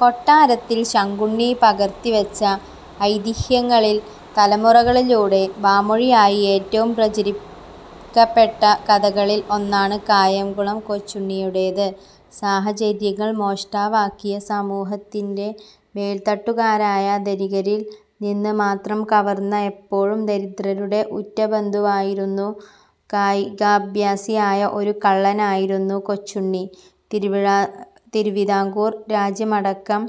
കൊട്ടാരത്തിൽ ശങ്കുണ്ണി പകർത്തിവച്ച ഐതിഹ്യങ്ങളിൽ തലമുറകളിലൂടെ വാമൊഴിയായി ഏറ്റവും പ്രചരിക്കപ്പെട്ട കഥകളിൽ ഒന്നാണ് കായംകുളം കൊച്ചുണ്ണിയുടേത്. സാഹചര്യങ്ങൾ മോഷ്ടാവാക്കിയ സമൂഹത്തിൻ്റെ മേൽത്തട്ടുകാരായ ധനികരിൽ നിന്ന് മാത്രം കവർന്ന എപ്പോഴും ദരിദ്രരുടെ ഉറ്റബന്ധുവായിരുന്നു കായികാഭ്യാസിയായ ഒരു കള്ളനായിരുന്നു കൊച്ചുണ്ണി. തിരുവിടാം തിരുവിതാംകൂർ രാജ്യമടക്കം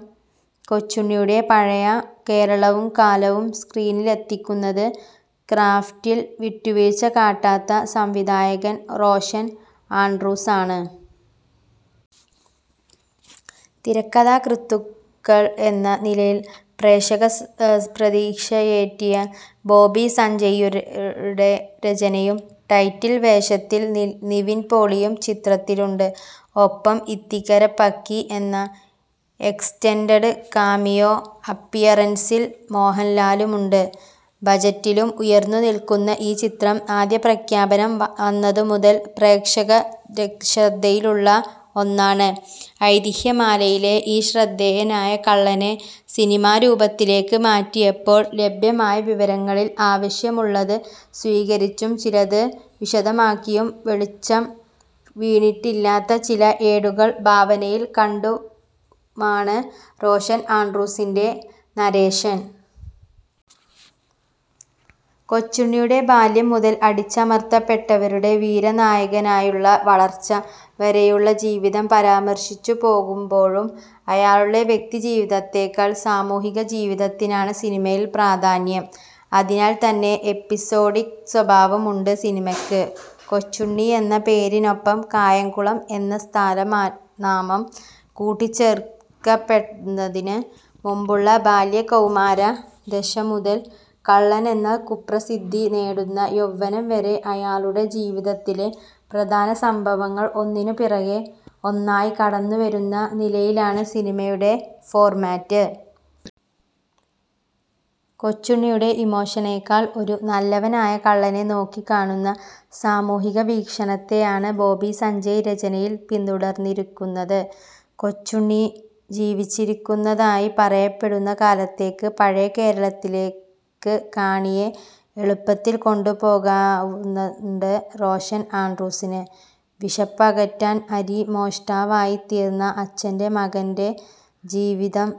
കൊച്ചുണ്ണിയുടെ പഴയ കേരളവും കാലവും സ്ക്രീനിലെത്തിക്കുന്നത് ക്രാഫ്റ്റിൽ വിട്ടുവീഴ്ച കാട്ടാത്ത സംവിധായകൻ റോഷൻ ആൻഡ്രൂസാണ്. തിരക്കഥാകൃത്തുക്കൾ എന്ന നിലയിൽ പ്രേക്ഷക പ്രതീക്ഷയേറ്റിയ ബോബി സഞ്ജയ്യുടെ രചനയും ടൈറ്റിൽ വേഷത്തിൽ നി നിവിൻ പോളിയും ചിത്രത്തിലുണ്ട്. ഒപ്പം ഇത്തിക്കര പക്കി എന്ന എക്സ്റ്റൻഡഡ് കാമിയോ അപ്പിയറൻസിൽ മോഹൻലാലുമുണ്ട്. ബജറ്റിലും ഉയർന്നുനിൽക്കുന്ന ഈ ചിത്രം ആദ്യ പ്രഖ്യാപനം വ വന്നതുമുതൽ പ്രേക്ഷകരക്ഷ ശ്രദ്ധയിലുള്ള ഒന്നാണ്. ഐതിഹ്യമാലയിലെ ഈ ശ്രദ്ധേയനായ കള്ളനെ സിനിമാരൂപത്തിലേക്ക് മാറ്റിയപ്പോൾ ലഭ്യമായ വിവരങ്ങളിൽ ആവശ്യമുള്ളത് സ്വീകരിച്ചും ചിലത് വിശദമാക്കിയും വെളിച്ചം വീണിട്ടില്ലാത്ത ചില ഏടുകൾ ഭാവനയിൽ കണ്ടുമാണ് റോഷൻ ആൻഡ്രൂസിൻ്റെ നരേഷൻ. കൊച്ചുണ്ണിയുടെ ബാല്യം മുതൽ അടിച്ചമർത്തപ്പെട്ടവരുടെ വീരനായകനായുള്ള വളർച്ച വരെയുള്ള ജീവിതം പരാമർശിച്ചുപോകുമ്പോഴും അയാളുടെ വ്യക്തിജീവിതത്തേക്കാൾ സാമൂഹികജീവിതത്തിനാണ് സിനിമയിൽ പ്രാധാന്യം. അതിനാൽത്തന്നെ എപ്പിസോഡിക് സ്വഭാവമുണ്ട് സിനിമയ്ക്ക്. കൊച്ചുണ്ണി എന്ന പേരിനൊപ്പം കായംകുളം എന്ന സ്ഥലനാമം കൂട്ടിച്ചേർക്കപ്പെടുന്നതിന് മുൻപുള്ള ബാല്യകൗമാരദശ മുതൽ കള്ളനെന്ന കുപ്രസിദ്ധി നേടുന്ന യൗവനം വെരേ അയാളുടെ ജീവിതത്തിലെ പ്രധാന സംഭവങ്ങൾ ഒന്നിനുപിറകെ ഒന്നായി കടന്നുവെരുന്ന നിലയിലാണ് സിനിമയുടെ ഫോർമാറ്റ്. കൊച്ചുണ്ണിയുടെ ഇമോഷനേക്കാൾ ഒരു നല്ലവനായ കള്ളനെ നോക്കിക്കാണുന്ന സാമൂഹികവീക്ഷണത്തെയാണ് ബോബി സഞ്ജയ് രചനയിൽ പിന്തുടർന്നിരിക്കുന്നത്. കൊച്ചുണ്ണി ജീവിച്ചിരിക്കുന്നതായി പറയപ്പെടുന്ന കാലത്തേക്ക് പഴയ കേരളത്തിലേക്ക് കാണിയെ എളുപ്പത്തിൽ കൊണ്ടുപോകാവുന്നുണ്ട് റോഷൻ ആൻഡ്രൂസിന്. വിശപ്പകറ്റാൻ അരി മോഷ്ടാവായിത്തീർന്ന അച്ഛൻ്റെ മകൻ്റെ ജീവിതം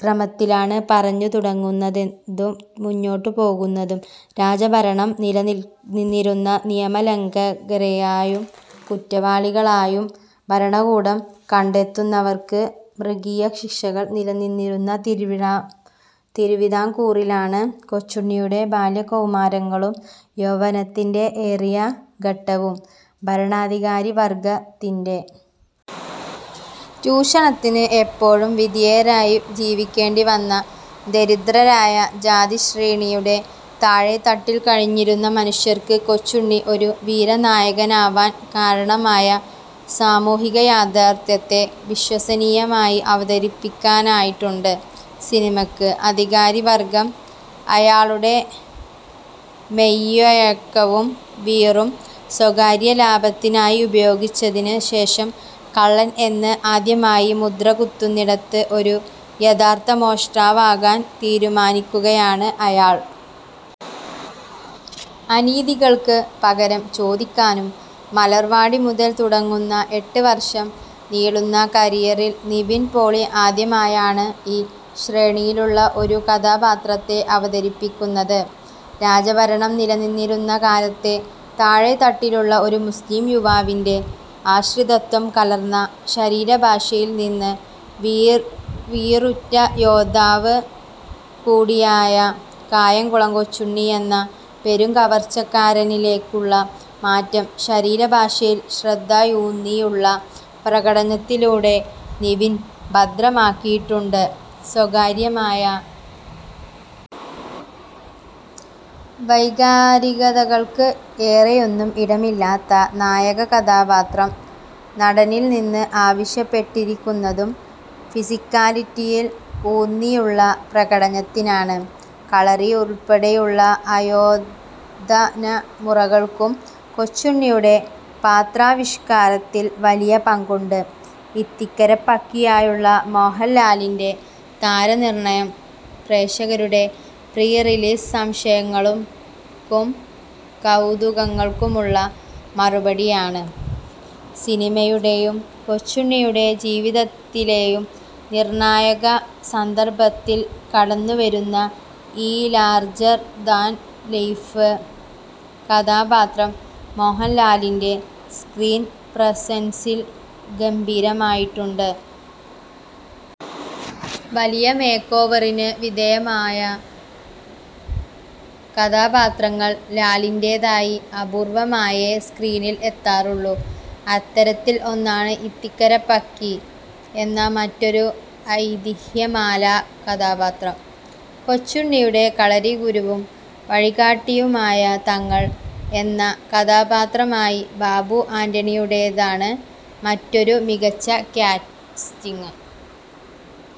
ക്രമത്തിലാണ് പറഞ്ഞുതുടങ്ങുന്നത് തും മുന്നോട്ടുപോകുന്നതും. രാജഭരണം നിലനിന്നിരുന്ന നിയമലംഘകരായും കുറ്റവാളികളായും ഭരണകൂടം കണ്ടെത്തുന്നവർക്ക് മൃഗീയശിക്ഷകൾ നിലനിന്നിരുന്ന തിരുവിടാം തിരുവിതാംകൂറിലാണ് കൊച്ചുണ്ണിയുടെ ബാല്യകൗമാരങ്ങളും യൗവനത്തിൻ്റെ ഏറിയ ഘട്ടവും. ഭരണാധികാരിവർഗത്തിൻ്റെ ചൂഷണത്തിന് എപ്പോഴും വിധേയരായി ജീവിക്കേണ്ടിവന്ന ദരിദ്രരായ ജാതിശ്രേണിയുടെ താഴേത്തട്ടിൽ കഴിഞ്ഞിരുന്ന മനുഷ്യർക്ക് കൊച്ചുണ്ണി ഒരു വീരനായകനാവാൻ കാരണമായ സാമൂഹികയാഥാർഥ്യത്തെ വിശ്വസനീയമായി അവതരിപ്പിക്കാനായിട്ടുണ്ട് സിനിമയ്ക്ക്. അധികാരിവർഗം അയാളുടെ മെയ്വഴക്കവും വീറും സ്വകാര്യലാഭത്തിനായി ഉപയോഗിച്ചതിന് ശേഷം കള്ളൻ എന്ന് ആദ്യമായി മുദ്രകുത്തുന്നിടത്ത് ഒരു യഥാർഥ മോഷ്ടാവാകാൻ തീരുമാനിക്കുകയാണ് അയാൾ. അനീതികൾക്ക് പകരം ചോദിക്കാനും. മലർവാടി മുതൽ തുടങ്ങുന്ന എട്ട് വർഷം നീളുന്ന കരിയറിൽ നിവിൻ പോളി ആദ്യമായാണ് ഈ ശ്രേണിയിലുള്ള ഒരു കഥാപാത്രത്തെ അവതരിപ്പിക്കുന്നത്. രാജഭരണം നിലനിന്നിരുന്ന കാലത്തെ താഴേത്തട്ടിലുള്ള ഒരു മുസ്ലിം യുവാവിൻ്റെ ആശ്രിതത്വം കലർന്ന ശരീരഭാഷയിൽ നിന്ന് വീർ വീറുറ്റ യോദ്ധാവ് കൂടിയായ കായംകുളം കൊച്ചുണ്ണി എന്ന പെരുംകവർച്ചക്കാരനിലേക്കുള്ള മാറ്റം ശരീരഭാഷയിൽ ശ്രദ്ധയൂന്നിയുള്ള പ്രകടനത്തിലൂടെ നിവിൻ ഭദ്രമാക്കിയിട്ടുണ്ട്. സ്വകാര്യമായ വൈകാരികതകൾക്ക് ഏറെയൊന്നും ഇടമില്ലാത്ത നായകകഥാപാത്രം നടനിൽ നിന്ന് ആവശ്യപ്പെട്ടിരിക്കുന്നതും ഫിസിക്കാലിറ്റിയിൽ ഊന്നിയുള്ള പ്രകടനത്തിനാണ്. കളരി ഉൾപ്പെടെയുള്ള ആയോധനമുറകൾക്കും കൊച്ചുണ്ണിയുടെ പാത്രാവിഷ്കാരത്തിൽ വലിയ പങ്കുണ്ട്. ഇത്തിക്കര പക്കിയായുള്ള മോഹൻലാലിൻ്റെ താരനിർണയം പ്രേക്ഷകരുടെ പ്രീ റിലീസ് സംശയങ്ങൾക്കും കൗതുകങ്ങൾക്കുമുള്ള മറുപടിയാണ്. സിനിമയുടെയും കൊച്ചുണ്ണിയുടെ ജീവിതത്തിലെയും നിർണായക സന്ദർഭത്തിൽ കടന്നുവെരുന്ന ഈ ലാർജർ ദാൻ ലൈഫ് കഥാപാത്രം മോഹൻലാലിൻ്റെ സ്ക്രീൻ പ്രസൻസിൽ ഗംഭീരമായിട്ടുണ്ട്. വലിയ മേക്കോവറിന് വിധേയമായ കഥാപാത്രങ്ങൾ ലാലിന്റേതായി അപൂർവമായേ സ്ക്രീനിൽ എത്താറുള്ളൂ. അത്തരത്തിൽ ഒന്നാണ് ഇത്തിക്കര പക്കി എന്ന മറ്റൊരു ഐതിഹ്യമാലാ കഥാപാത്രം. കൊച്ചുണ്ണിയുടെ കളരിഗുരുവും വഴികാട്ടിയുമായ തങ്ങൾ എന്ന കഥാപാത്രമായി ബാബു ആന്റണിയുടേതാണ് മറ്റൊരു മികച്ച കാസ്റ്റിംഗ്